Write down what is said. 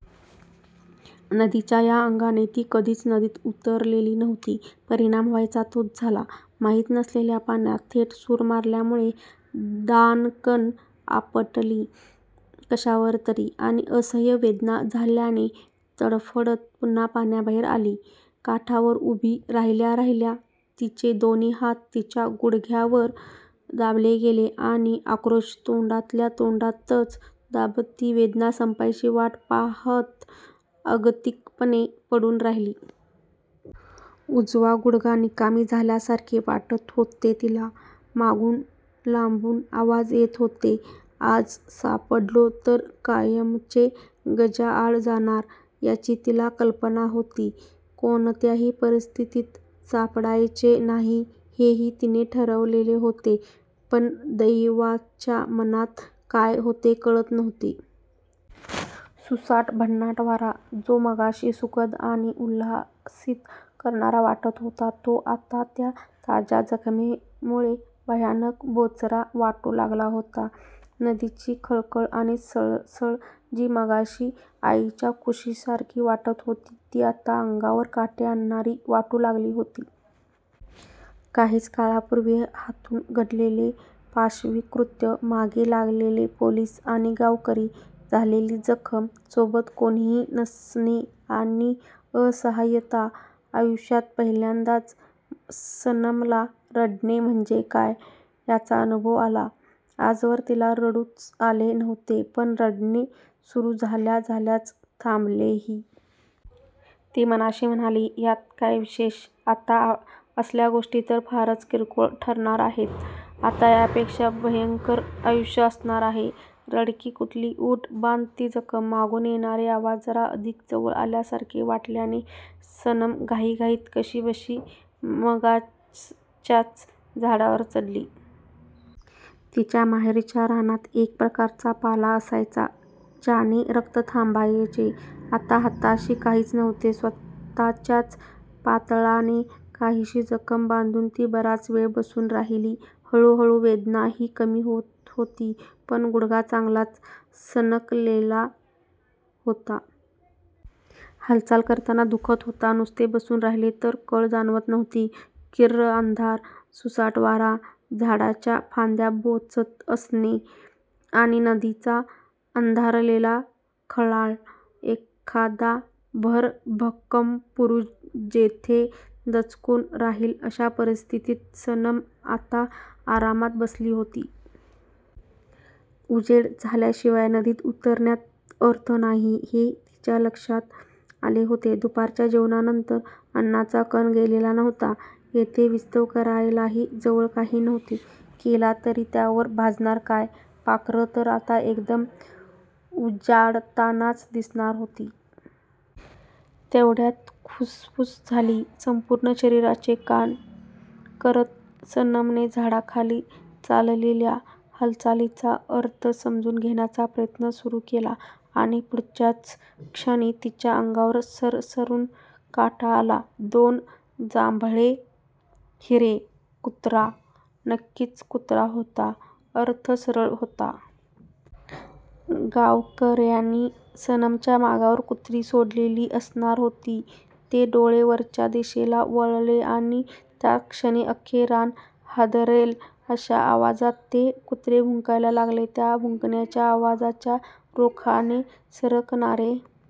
नदीच्या या अंगाने ती कधीच नदीत उतरलेली नव्हती. परिणाम व्हायचा तोच झाला. माहीत नसलेल्या पाण्यात थेट सूर मारल्यामुळे दाणकन आपटली कशावर तरी आणि असह्य वेदना झाल्याने तडफडत पुन्हा पाण्याबाहेर आली. काठावर उभी राहिल्याराहिल्या तिचे दोन्ही हात तिच्या गुडघ्यावर दाबले गेले आणि आक्रोश तोंडातल्या तोंडातच दाबत ती वेदना संपायची वाट पाहात अगतिकपणे पडून राहिली. उजवा गुडघा निकामी झाल्यासारखे वाटत होते तिला. मागून लांबून आवाज येत होते. आज सापडलो तर कायमचे गजाआड जाणार याची तिला कल्पना होती. कोणत्याही परिस्थितीत सापडायचे नाही हे तिने ठरवलेले होते. पण दैवाच्या मनात काय होते कळत नव्हते. सुसाट, भन्नाट वारा, जो मगाशी सुखद आणि उल्हासित करणारा वाटत होता तो आता त्या ताज्या जखमेमुळे भयानक बोचरा वाटू लागला होता. नदीची खळखळ आणि सळसळ जी मगाशी आईच्या कुशीसारखी वाटत होती ती आता अंगावर काटे आणणारी वाटू लागली होती. काहीच काळापूर्वी हातून घडलेले पाशवी कृत्य, मागे लागलेले पोलिस आणि गावकरी, झालेली जखम, सोबत कोणीही नसणे आणि असहाय्यता! आयुष्यात पहिल्यांदाच सनमला 'रडणे' म्हणजे काय याचा अनुभव आला. आजवर तिला रडूच आले नव्हते. पण रडणे सुरू झाल्याझाल्याच थांबलेही. ती मनाशी म्हणाली. यात काय विशेष? आता असल्या गोष्टी तर फारच किरकोळ ठरणार आहेत. आता यापेक्षा भयंकर आयुष्य असणार आहे. रडकी कुठली! ऊठ! बांध ती जखम! मागून येणारे आवाज जरा अधिक जवळ आल्यासारखे वाटल्याने सनम घाईघाईत कशीबशी मगाचच्याच झाडावर चढली. तिच्या माहेरच्या रानात एक प्रकारचा पाला असायचा, ज्याने रक्त थांबायचे. आत्ता हाताशी काहीच नव्हते. स्वतःच्याच पातळाने काहीशी जखम बांधून ती बराच वेळ बसून राहिली. हळूहळू वेदनाही कमी होत होती. पण गुडघा चांगलाच सणकलेला होता. हालचाल करताना दुखत होता. नुसते बसून राहिले तर कळ जाणवत नव्हती. किर्र अंधार, सुसाट वारा, झाडाच्या फांद्या बोचत असणे आणि नदीचा अंधारलेला खळाळ! एखादा भरभक्कम पुरुष जेथे दचकून राहील अशा परिस्थितीत सनम आता आरामात बसली होती. उजेड झाल्याशिवाय नदीत उतरण्यात अर्थ नाही हे तिच्या लक्षात आले होते. दुपारच्या जेवणांनंतर अन्नाचा कण गेलेला नव्हता. येथे विस्तव करायलाही जवळ काही नव्हते. केला तरी त्यावर भाजणार काय? पाखरं तर आता एकदम उजाडतानाच दिसणार होती. तेवढ्यात खुसपूस झाली. संपूर्ण शरीराचे कान करत सनमने झाडाखाली चाललेल्या हालचालीचा अर्थ समजून घेण्याचा प्रयत्न सुरू केला. आणि पुढच्याच क्षणी तिच्या अंगावर सरसरून काटा आला. दोन जांभळे हिरे! कुत्रा. नक्कीच कुत्रा होता. अर्थ सरळ होता. गावकर्यांनी सनमच्या मागावर कुत्री सोडलेली असणार होती. ते डोळे वरच्या दिशेला वळले आणि त्याच क्षणी अख्खे रान हादरेल अशा आवाजात ते कुत्रे भुंकायला लागले. त्या भुंकण्याच्या आवाजाच्या रोखाने सरकणारे